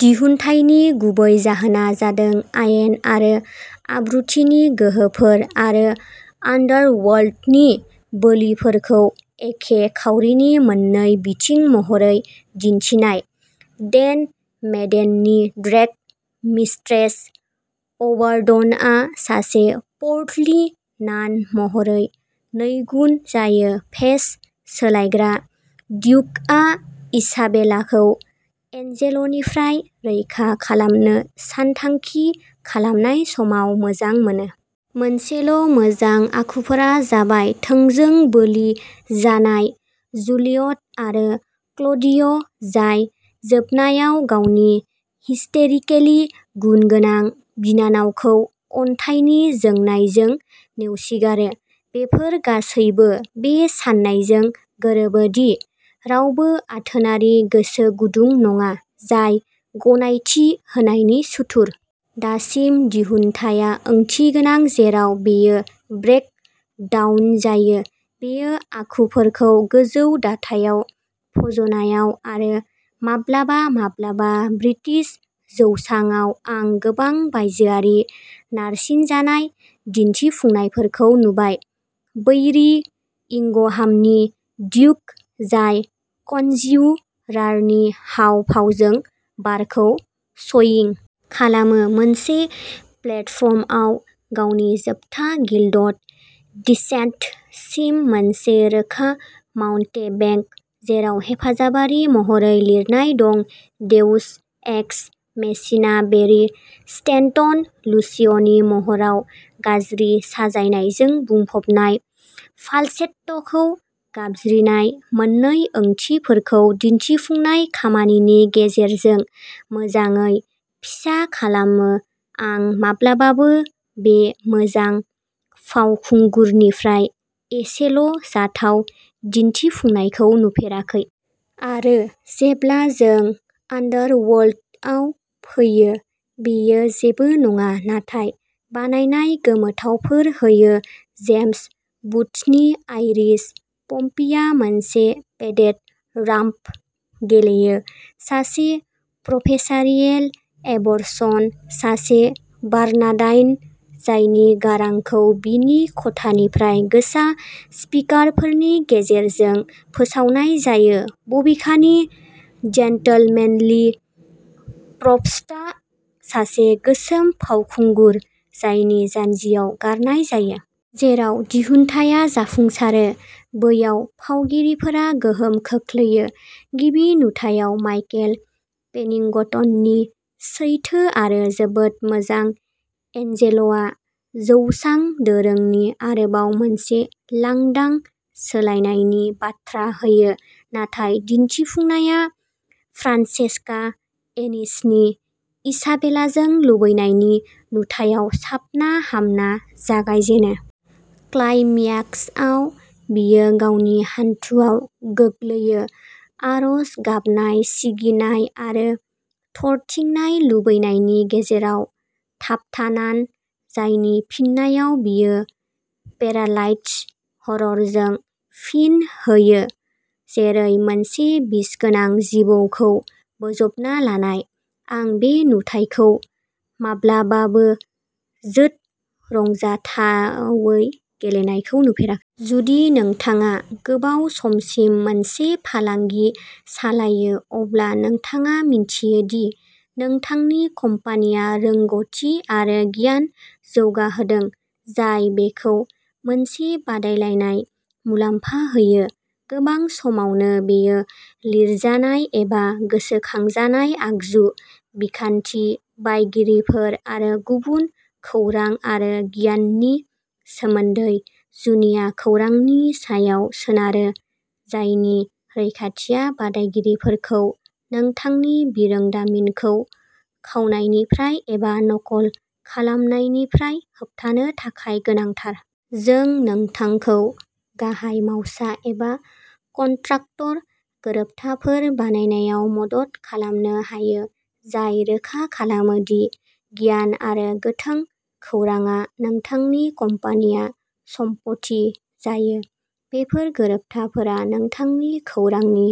दिहुनथायनि गुबै जाहोना जादों आयेन आरो आब्रुथिनि गोहोफोर आरो आन्डारवर्ल्डनि बोलिफोरखौ एखे खावरिनि मोन्नै बिथिं महरै दिन्थिनाय। डेन मेडेननि ड्रेग मिस्ट्रेस अभारडनआ सासे पोर्टलि नान महरै नैगुन जायो भेस सोलायग्रा ड्युकआ इसाबेलाखौ एन्जेल'निफ्राय रैखा खालामनो सानथांखि खालामनाय समाव मोजां मोनो। मोनसेल'मोजां आखुफोरा जाबाय थोंजों बोलि जानाय जुलियट आरो क्ल'डिय जाय जोबनायाव गावनि हिस्टेरिकेलि गुनगोनां बिनानावखौ अन्थाइनि जोंनायजों नेवसिगारो। बेफोर गासैबो बे साननायजों गोरोबो दि रावबो आथोनारि गोसो गुदुं नङा जाय गनायथि होनायनि सुथुर। दासिम, दिहुनथाया ओंथिगोनां जेराव बेयो ब्रेक डाउन जायो बेयो आखुफोरखौ गोजौ दाथायाव फज'नायाव; आरो माब्लाबा माब्लाबा ब्रिटिस जौसाङाव आं गोबां बायजोआरि नारसिनजानाय दिन्थिफुंनायफोरखौ नुबाय। बैरी इंगहामनि ड्युक, जाय कनज्युरारनि हाव भावजों बारखौ स'यिं खालामो मोनसे प्लेटफर्मआव गावनि जोबथा गिल्डड डिसेन्टसिम मोनसे रोखा माउन्टेबेंक जेराव हेफाजाबारि महरै लिरनाय दं देउस एक्स मेचिना बेरि स्टेनटन लुसिय'नि महराव गाज्रि साजायनायजों बुंफबनाय फाल्सेट्ट'खौ गाबज्रिनाय मोननै ओंथिफोरखौ दिनथिफुंनाय खामानिनि गेजेरजों मोजाङै फिसा खालामो आं माब्लाबाबो बे मोजां फावखुंगुरनिफ्राय एसेल'जाथाव दिन्थिफुंनायखौ नुफेराखै। आरो जेब्ला जों आन्डारवर्ल्डआव फैयो बेयो जेबो नङा नाथाय बानायनाय गोमोथावफोर होयो जेम्स बुथनि आइरिश पम्पीआ मोनसे पेडेड राम्प गेलेयो सासे प्रफेसारियेल एबरसन, सासे बार्नाडाइन जायनि गारांखौ बिनि खथानिफ्राय गोसा स्पिकारफोरनि गेजेरजों फोसावनाय जायो बबेखानि जेन्टलमेनलि प्रभस्टआ सासे गोसोम फावखुंगुर जायनि जान्जियाव गारनाय जायो। जेराव दिहुनथाया जाफुंसारो, बैयाव फावगिरिफोरा गोहोम खोख्लैयो। गिबि नुथायाव माइकेल पेनिंगटननि सैथो आरो जोबोद मोजां एन्जेल'आ जौसां दोरोंनि आरोबाव मोनसे लांदां सोलायनायनि बाथ्रा होयो नाथाय दिन्थिफुंनाया फ्रान्सेस्का एनिसनि इसाबेलाजों लुबैनायनि नुथायाव साबना-हामना जागायजेनो। क्लाइम्याक्सआव बियो गावनि हान्थुआव गोग्लैयो, आरज गाबनाय सिगिनाय आरो थरथिंनाय लुबैनायनि गेजेराव थाबथानान जायनि फिननायाव बियो पेरालाइज्ड हररजों फिन होयो जेरै मोनसे बिसगोनां जिबौखौ बोजबना लानाय। आं बे नुथायखौ माब्लाबाबोबोजोद रंजाथावै गेलेनायखौ नुफेराखै। जुदि नोंथाङा गोबाव समसिम मोनसे फालांगि सालायो अब्ला नोंथाङा मिन्थियो दि नोंथांनि कम्पानिया रोंग'थि आरो गियान जौगाहोदों जाय बेखौ मोनसे बादायलायनाय मुलाम्फा होयो। गोबां समावनो बेयो लिरजानाय एबा गोसोखांजानाय आगजु, बिखान्थि, बायगिरिफोर, आरो गुबुन खौरां आरो गियाननि सोमोन्दै जुनिया खौरांनि सायाव सोनारो जायनि रैखाथिआ बादायगिरिफोरखौ नोंथांनि बिरोंदामिनखौ खावनायनिफ्राय एबा नकल खालामनायनिफ्राय होबथानो थाखाय गोनांथार। जों नोंथांखौ गाहाय मावसा एबा कन्ट्राक्टर गोरोबथाफोर बानायनायाव मदद खालामनो हायो जाय रोखा खालामो दि गियान आरो गोथों खौरांआ नोंथांनि कम्पानिया सम्पथि जायो। बेफोर गोरोबथाफोरा नोंथांनि खौरांनि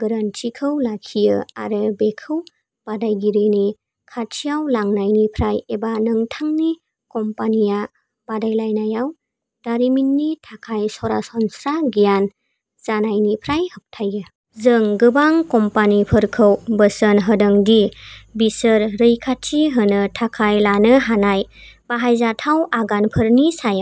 गोरोनथिखौ लाखियो आरो बेखौ बादायगिरिनि खाथियाव लांनायनिफ्राय एबा नोंथांनि कम्पानिया बादायलायनायाव दारिमिननि थाखाय सरासनस्रा गियान जानायनिफ्राय होबथायो। जों गोबां कम्पानिफोरखौ बोसोन होदों दि बिसोर रैखाथि होनो थाखाय लानो हानाय बाहायजाथाव आगानफोरनि सायाव।